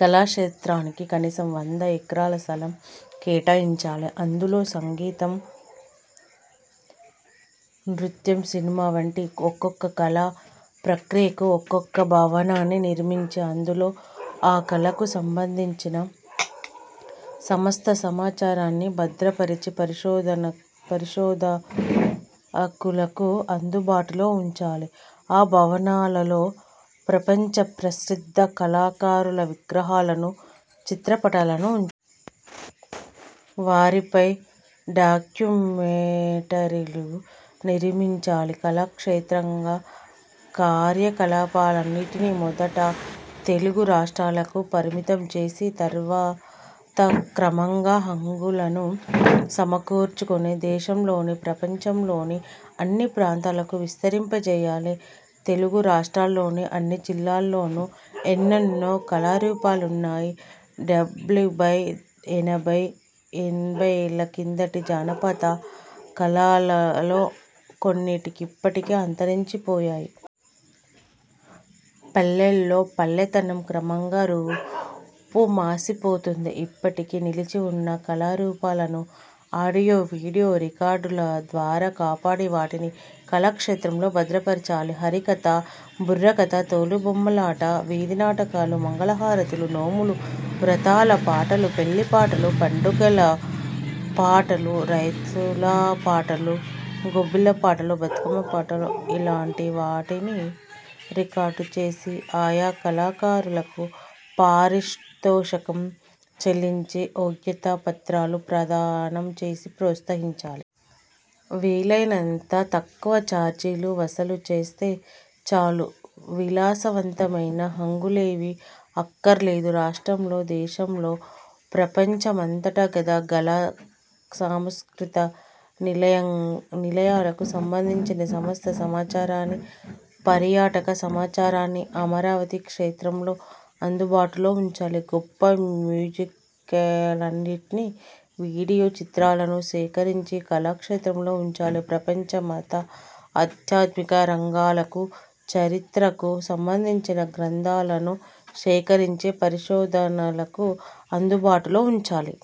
కళాక్షేత్రానికి కనీసం వంద ఎకరాల స్థలం కేటాయించాలి. అందులో సంగీతం, నృత్యం, సినిమా వంటి ఒక్కొక్క కళా ప్రక్రియకు ఒక్కొక్క భవనాన్ని నిర్మించి, అందులో ఆ కళకు సంబంధించిన సమస్త సమాచారాన్ని భద్రపరచి పరిశోధకులకు అందుబాటులో ఉంచాలి. ఆ భవనాలలో ప్రపంచ ప్రసిద్థ కళాకారుల విగ్రహాలను, చిత్రపటాలను ఉంచాలి. వారిపై డాక్యుమెంటరీలు నిర్మించాలి. కళాక్షేత్ర కార్యకలాపాలన్నింటినీ మొదట తెలుగు రాష్ర్టాలకు పరిమితం చేసి, తర్వాత క్రమంగా హంగులను సమకూర్చుకొని, దేశంలోని, ప్రపంచంలోని అన్ని ప్రాంతాలకు విస్తరింపజేయాలి. తెలుగు రాష్ర్టాలలోని అన్ని జిల్లాలలోనూ ఎన్నెన్నో కళారూపాలున్నాయి. డెబ్భయ్, ఎనభై యేళ్ళ క్రిందటి జానపద కళలలో కొన్ని ఇప్పటికే అంతరించిపోయాయి. పల్లెల్లో 'పల్లెతనం' క్రమంగా రూపుమాసిపోతోంది. ఇప్పటికీ నిలిచి ఉన్న కళారూపాలను ఆడియో–వీడియో రికార్డింగుల ద్వారా కాపాడి, వాటిని కళాక్షేత్రంలో భద్రపరచాలి. హరికథ, బుర్రకథ, తోలుబొమ్మలాట, వీధినాటకాలు, మంగళహారతులు, నోములు–వ్రతాల పాటలు, పెళ్ళిపాటలు, పండగల పాటలు, రైతుల పాటలు, గొబ్బి పాటలు, బతకమ్మ పాటలు – ఇలాంటి వాటిని రికార్డు చేసి, ఆయా కళాకారులకు పారితోషికం చెల్లించి, యోగ్యతా పత్రాలు ప్రదానం చేసి ప్రోత్సహించాలి. వీలైనంత తక్కువ ఛార్జీలు వసూలు చేస్తే చాలు. విలాసవంతమైన హంగులేవీ అక్కర్లేదు. రాష్ట్రంలో, దేశంలో, ప్రపంచమంతటా గల కళా సాంస్కృతిక నిలయాలకు సంబంధించిన సమస్త సమాచారాన్ని, పర్యాటక సమాచారాన్ని అమరావతి కళాక్షేత్రంలో అందుబాటులోఉంచాలి. గొప్ప మ్యూజియంలన్నింటి వీడియో చిత్రాలను సేకరించి కళాక్షేత్రంలో ఉంచాలి. ప్రపంచ మత, ఆధ్యాత్మిక రంగాల చరిత్రకు సంబంధించిన గ్రంథాలను సేకరించి పరిశోధకులకు అందుబాటులో ఉంచాలి.